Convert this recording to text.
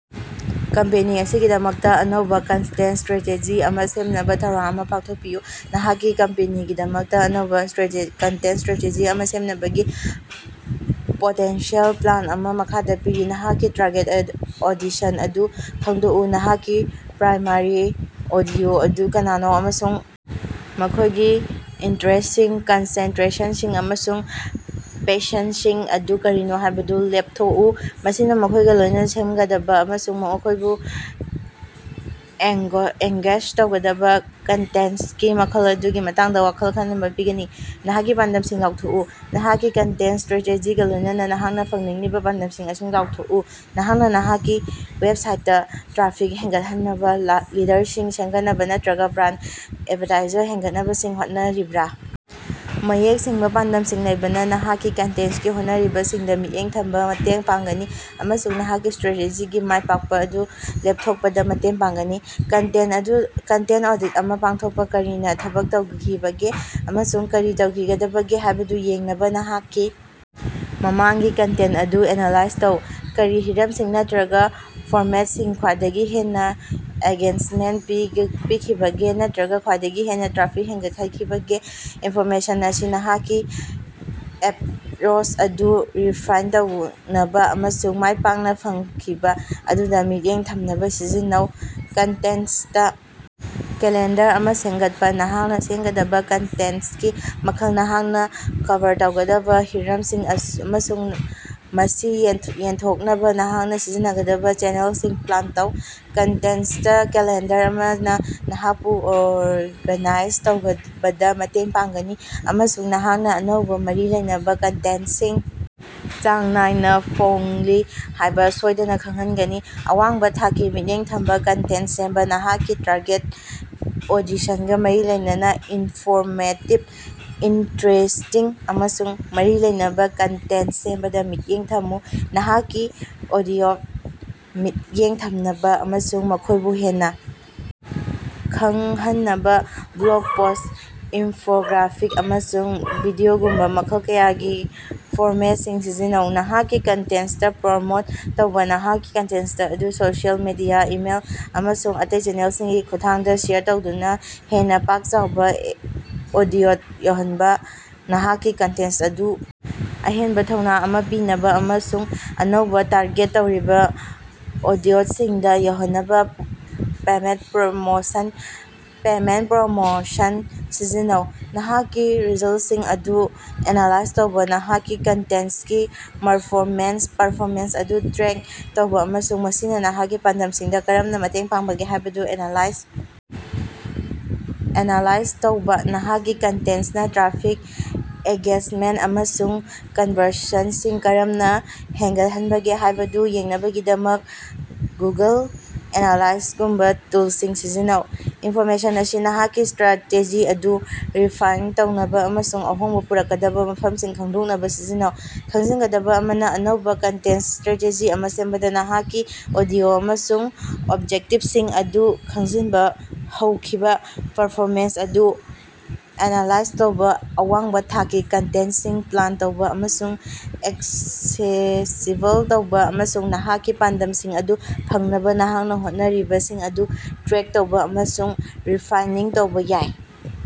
Company ꯑꯁꯤꯒꯤꯗꯃꯛꯇ ꯑꯅꯧꯕ content strategy ꯑꯃ ꯁꯦꯝꯅꯕ ꯊꯧꯔꯥꯡ ꯑꯃ ꯄꯨꯊꯣꯛꯄꯤꯌꯨ꯫ ꯅꯍꯥꯛꯀꯤ ꯀꯝꯄꯅꯤꯒꯤꯗꯃꯛꯇ ꯑꯅꯧꯕ ꯀꯟꯇꯦꯟꯇ ꯁ꯭ꯇꯔꯥꯇꯦꯖꯤ ꯑꯃ ꯁꯦꯝꯅꯕꯒꯤ ꯄꯣꯇꯦꯟꯁꯤꯑꯦꯜ ꯄ꯭ꯂꯥꯟ ꯑꯃ ꯃꯈꯥꯗ ꯄꯤꯔꯤ꯫ ꯅꯍꯥꯛꯀꯤ ꯇꯥꯔꯒꯦꯠ ꯑꯣꯗꯤꯁꯟ ꯑꯗꯨ ꯈꯪꯗꯣꯛꯎ ꯅꯍꯥꯛꯀꯤ ꯄ꯭ꯔꯥꯏꯃꯥꯔꯤ ꯑꯣꯗꯤꯑꯣ ꯑꯗꯨ ꯀꯅꯥꯅꯣ ꯑꯃꯁꯨꯡ ꯃꯈꯣꯏꯒꯤ ꯏꯟꯇꯔꯦꯁ꯭ꯇꯁꯤꯡ, ꯀꯟꯁꯦꯟꯇꯔꯦꯁꯟꯁꯤꯡ ꯑꯃꯁꯨꯡ ꯄꯦꯁꯟꯗꯁꯤꯡ ꯑꯗꯨ ꯀꯔꯤꯅꯣ ꯍꯥꯏꯕꯗꯨ ꯂꯦꯞꯊꯣꯛꯎ꯫ ꯃꯁꯤꯅ ꯃꯈꯣꯏꯒ ꯂꯣꯏꯅꯅ ꯁꯝꯅꯒꯗꯕ ꯑꯃꯁꯨꯡ ꯃꯈꯣꯏꯕꯨ ꯑꯦꯡꯒꯦꯖ ꯇꯧꯒꯗꯕ ꯀꯟꯇꯦꯟꯇꯀꯤ ꯃꯈꯜ ꯑꯗꯨꯒꯤ ꯃꯇꯥꯡꯗꯥ ꯋꯥꯈꯜ ꯈꯅꯕ ꯄꯤꯒꯅꯤ꯫ ꯅꯍꯥꯛꯀꯤ ꯄꯥꯟꯗꯝꯁꯤꯡ ꯂꯦꯞꯊꯣꯛꯎ: ꯅꯍꯥꯛꯀꯤ ꯀꯟꯇꯦꯟꯇ ꯁ꯭ꯇꯔꯦꯇꯦꯖꯤꯒ ꯂꯣꯏꯅꯅ ꯅꯍꯥꯛꯅ ꯐꯪꯅꯤꯡꯂꯤꯕ ꯄꯥꯟꯗꯝꯁꯤꯡ ꯑꯗꯨ ꯂꯦꯞꯊꯣꯛꯎ꯫ ꯅꯍꯥꯛꯅ ꯅꯍꯥꯛꯀꯤ ꯋꯦꯕꯁꯥꯏꯠꯇꯥ ꯇ꯭ꯔꯥꯐꯤꯛ ꯍꯦꯟꯒꯠꯍꯟꯅꯕ, ꯂꯤꯗꯔꯁꯤꯡ ꯁꯦꯝꯒꯠꯅꯕ ꯅꯠꯇꯔꯒꯥ ꯕ꯭ꯔꯥꯟꯗ ꯑꯦꯋꯥꯔꯅꯦꯁ ꯍꯦꯟꯒꯠꯍꯟꯅꯕ ꯍꯣꯠꯅꯔꯤꯕ꯭ꯔꯥ? ꯃꯌꯦꯛ ꯁꯦꯡꯕ ꯄꯥꯟꯗꯝꯁꯤꯡ ꯂꯩꯕꯅ ꯅꯍꯥꯛꯀꯤ ꯀꯟꯇꯦꯟꯇꯀꯤ ꯍꯣꯠꯅꯔꯤꯕꯁꯤꯡꯗ ꯃꯤꯠꯌꯦꯡ ꯊꯝꯕꯗ ꯃꯇꯦꯡ ꯄꯥꯡꯒꯅꯤ ꯑꯃꯁꯨꯡ ꯅꯍꯥꯛꯀꯤ ꯁ꯭ꯇꯔꯦꯇꯦꯖꯤꯒꯤ ꯃꯥꯏ ꯄꯥꯛꯄ ꯑꯗꯨ ꯂꯦꯞꯊꯣꯛꯄꯗ ꯃꯇꯦꯡ ꯄꯥꯡꯒꯅꯤ꯫ ꯀꯟꯇꯦꯟꯇ ꯑꯣꯗꯤꯠ ꯑꯃ ꯄꯥꯡꯊꯣꯛꯄ꯫ ꯀꯔꯤꯅ ꯊꯕꯛ ꯇꯧꯈꯤꯕꯒꯦ ꯑꯃꯁꯨꯡ ꯀꯔꯤ ꯇꯧꯈꯤꯗꯕꯒꯦ ꯍꯥꯏꯕꯗꯨ ꯌꯦꯡꯅꯕ ꯅꯍꯥꯛꯀꯤ ꯃꯃꯥꯡꯒꯤ ꯀꯟꯇꯦꯟꯇ ꯑꯗꯨ ꯑꯦꯅꯥꯂꯥꯏꯖ ꯇꯧ꯫ ꯀꯔꯤ ꯍꯤꯔꯝꯁꯤꯡ ꯅꯠꯇꯔꯒꯥ ꯐꯣꯔꯃꯦꯇꯁꯤꯡꯅ ꯈ꯭ꯋꯥꯏꯗꯒꯤ ꯍꯦꯟꯅ ꯑꯦꯡꯒꯦꯖꯃꯦꯟꯇ ꯄꯤꯈꯤꯕꯒꯦ ꯅꯠꯇꯔꯒꯥ ꯈ꯭ꯋꯥꯏꯗꯒꯤ ꯍꯦꯟꯅ ꯇ꯭ꯔꯥꯐꯤꯛ ꯍꯦꯟꯒꯠꯍꯟꯈꯤꯕꯒꯦ ꯏꯟꯐꯣꯔꯃꯦꯁꯟ ꯑꯁꯤ ꯅꯍꯥꯛꯀꯤ ꯑꯦꯄꯔꯣꯆ ꯑꯗꯨ ꯔꯤꯐꯥꯏꯟꯅ ꯇꯧꯅꯕ ꯑꯃꯁꯨꯡ ꯃꯥꯏꯄꯥꯛꯅ ꯐꯪꯈꯤꯕ ꯑꯗꯨꯗ ꯃꯤꯠꯌꯦꯡ ꯊꯝꯅꯕ ꯁꯤꯖꯤꯟꯅꯧ꯫ ꯀꯟꯇꯦꯟꯇ ꯀꯦꯂꯦꯟꯗꯔ ꯑꯃ ꯁꯦꯝꯒꯠꯄ ꯅꯍꯥꯛꯅ ꯁꯦꯝꯒꯗꯕ ꯀꯟꯇꯦꯟꯇꯀꯤ ꯃꯈꯜ, ꯅꯍꯥꯛꯅ ꯀꯚꯔ ꯇꯧꯒꯗꯕ ꯍꯤꯔꯝꯁꯤꯡ ꯑꯃꯁꯨꯡ ꯃꯁꯤ ꯌꯦꯟꯊꯣꯛꯅꯕ ꯅꯍꯥꯛꯅ ꯁꯤꯖꯤꯟꯅꯒꯗꯕ ꯆꯦꯅꯦꯜꯁꯤꯡ ꯄ꯭ꯂꯥꯟ ꯇꯧ꯫ ꯀꯟꯇꯦꯟꯇ ꯀꯦꯂꯦꯟꯗꯔ ꯑꯃꯅ ꯅꯍꯥꯛꯄꯨ ꯑꯣꯔꯒꯥꯅꯥꯏꯖ ꯇꯧꯕꯗ ꯃꯇꯦꯡ ꯄꯥꯡꯒꯅꯤ ꯑꯃꯁꯨꯡ ꯅꯍꯥꯛꯅ ꯑꯅꯧꯕ, ꯃꯔꯤ ꯂꯩꯅꯕ ꯀꯟꯇꯦꯟꯇꯁꯤꯡ ꯆꯥꯡ ꯅꯥꯏꯅ ꯐꯣꯡꯂꯤ ꯍꯥꯏꯕ ꯁꯣꯏꯗꯅ ꯈꯪꯍꯟꯒꯅꯤ꯫ ꯑꯋꯥꯡꯕ ꯊꯥꯛꯀꯤ, ꯃꯤꯠꯌꯦꯡ ꯊꯝꯕ ꯀꯟꯇꯦꯟꯇ ꯁꯦꯝꯕ ꯅꯍꯥꯛꯀꯤ ꯇꯥꯔꯒꯦꯠ ꯑꯣꯗꯤꯁꯟꯒ ꯃꯔꯤ ꯂꯩꯅꯕ ꯏꯟꯐꯣꯔꯃꯦꯇꯤꯚ, ꯏꯟꯇꯔꯦꯁ꯭ꯇꯤꯡ ꯑꯃꯁꯨꯡ ꯃꯔꯤ ꯂꯩꯅꯕ ꯀꯟꯇꯦꯟꯇ ꯁꯦꯝꯕꯗ ꯃꯤꯠꯌꯦꯡ ꯊꯝꯃꯨ꯫ ꯅꯍꯥꯛꯀꯤ ꯑꯣꯗꯤꯑꯣꯗ ꯃꯤꯠꯌꯦꯡ ꯊꯝꯅꯕ ꯑꯃꯁꯨꯡ ꯃꯈꯣꯏꯕꯨ ꯍꯦꯟꯅ ꯈꯪꯍꯟꯅꯕ ꯕ꯭ꯂꯣꯒ ꯄꯣꯁ꯭ꯠ, ꯏꯟꯐꯣꯒ꯭ꯔꯥꯐꯤꯛ, ꯑꯃꯁꯨꯡ ꯚꯤꯗꯤꯑꯣꯒꯨꯝꯕ ꯃꯈꯜ ꯀꯌꯥꯒꯤ ꯐꯣꯔꯃꯦꯠꯁꯤꯡ ꯁꯤꯖꯤꯟꯅꯧ꯫ ꯅꯍꯥꯛꯀꯤ ꯀꯟꯇꯦꯟꯇ ꯄ꯭ꯔꯃꯣꯠ ꯇꯧꯕ ꯅꯍꯥꯛꯀꯤ ꯀꯟꯇꯦꯟꯇ ꯑꯗꯨ ꯁꯣꯁꯤꯑꯦꯜ ꯃꯤꯗꯤꯌ, ꯏꯃꯦꯏꯜ, ꯑꯃꯁꯨꯡ ꯑꯇꯩ ꯆꯦꯅꯦꯜꯁꯤꯡꯒꯤ ꯈꯨꯠꯊꯥꯡꯗ ꯁꯦꯌꯔ ꯇꯧꯗꯨꯅ ꯍꯦꯟꯅ ꯄꯥꯛ-ꯆꯥꯎꯕ ꯑꯣꯗꯤꯑꯣꯗ ꯌꯧꯍꯟꯕ꯫ ꯅꯍꯥꯛꯀꯤ ꯀꯟꯇꯦꯟꯇ ꯑꯗꯨ ꯑꯍꯦꯟꯕ ꯊꯧꯅ ꯑꯃ ꯄꯤꯅꯕ ꯑꯃꯁꯨꯡ ꯑꯅꯧꯕ, ꯇꯥꯔꯒꯦꯠ ꯇꯧꯔꯕ ꯑꯣꯗꯤꯑꯣꯁꯤꯡꯗ ꯌꯧꯍꯟꯅꯕ ꯄꯦꯃꯦꯟꯇ ꯄ꯭ꯔꯣꯃꯣꯁꯟ ꯁꯤꯖꯤꯟꯅꯧ꯫ ꯅꯍꯥꯛꯀꯤ ꯔꯤꯖꯜꯇꯁꯤꯡ ꯑꯗꯨ ꯑꯦꯅꯥꯂꯥꯏꯖ ꯇꯧꯕ ꯅꯍꯥꯛꯀꯤ ꯀꯟꯇꯦꯟꯇꯀꯤ ꯄꯔꯐꯣꯃꯦꯟꯁ ꯑꯗꯨ ꯇ꯭ꯔꯦꯛ ꯇꯧꯕ ꯑꯃꯁꯨꯡ ꯃꯁꯤꯅ ꯅꯍꯥꯛꯀꯤ ꯄꯥꯟꯗꯝꯁꯤꯡꯗ ꯀꯔꯝꯅ ꯃꯇꯦꯡ ꯄꯥꯡꯕꯒꯦ ꯍꯥꯏꯕꯗꯨ ꯑꯦꯅꯥꯂꯥꯏꯖ ꯑꯦꯅꯂꯥꯁ ꯇꯧꯕ꯫ ꯅꯍꯥꯛꯀꯤ ꯀꯟꯇꯦꯟꯇꯅ ꯇ꯭ꯔꯥꯐꯤꯛ, ꯑꯦꯡꯒꯦꯖꯃꯦꯟꯇ, ꯑꯃꯁꯨꯡ ꯀꯟꯕꯔꯁꯟꯁꯤꯡ ꯀꯔꯝꯅ ꯍꯦꯟꯒꯠꯍꯟꯕꯒꯦ ꯍꯥꯏꯕꯗꯨ ꯌꯦꯡꯅꯕꯒꯤꯗꯃꯛ ꯒꯨꯒꯜ ꯑꯦꯅꯥꯂꯥꯏꯇꯤꯛꯁꯒꯨꯝꯕ ꯇꯨꯜꯁꯤꯡ ꯁꯤꯖꯤꯟꯅꯧ꯫ ꯏꯟꯐꯣꯔꯃꯦꯁꯟ ꯑꯁꯤ ꯅꯍꯥꯛꯀꯤ ꯁ꯭ꯇꯔꯥꯇꯦꯖꯤ ꯑꯗꯨ ꯔꯤꯐꯥꯏꯟꯅꯥ ꯇꯧꯅꯕ ꯑꯃꯁꯨꯡ ꯑꯍꯣꯡꯕ ꯄꯨꯔꯛꯀꯗꯕ ꯃꯐꯝꯁꯤꯡ ꯈꯪꯗꯣꯛꯅꯕ ꯁꯤꯖꯤꯟꯅꯧ꯫ ꯈꯪꯖꯤꯟꯒꯗꯕ ꯑꯃꯅ, ꯑꯅꯧꯕ ꯀꯟꯇꯦꯟꯇ ꯁ꯭ꯇꯔꯥꯇꯦꯖꯤ ꯑꯃ ꯁꯦꯝꯕꯗ ꯅꯍꯥꯛꯀꯤ ꯑꯣꯗꯤꯑꯣ ꯑꯃꯁꯨꯡ ꯑꯣꯕꯖꯦꯛꯇꯤꯚꯁꯤꯡ ꯑꯗꯨ ꯈꯪꯖꯤꯟꯕ, ꯍꯧꯈꯤꯕ ꯄꯔꯐꯣꯃꯦꯟꯁ ꯑꯗꯨ ꯑꯦꯅꯥꯂꯥꯏꯖ ꯇꯧꯕ, ꯑꯋꯥꯡꯕ ꯊꯥꯛꯀꯤ ꯀꯟꯇꯦꯟꯇꯁꯤꯡ ꯄ꯭ꯂꯥꯟ ꯇꯧꯕ ꯑꯃꯁꯨꯡ ꯑꯦꯛꯁꯦꯁꯤꯕꯜ ꯇꯧꯕ, ꯑꯃꯁꯨꯡ ꯅꯍꯥꯛꯀꯤ ꯄꯥꯟꯗꯝꯁꯤꯡ ꯑꯗꯨ ꯐꯪꯅꯕ ꯅꯍꯥꯛꯅ ꯍꯣꯠꯅꯔꯤꯕꯁꯤꯡ ꯑꯗꯨ ꯇ꯭ꯔꯦꯛ ꯇꯧꯕ ꯑꯃꯁꯨꯡ ꯔꯤꯐꯥꯏꯅꯤꯡ ꯇꯧꯕ ꯌꯥꯎꯏ꯫।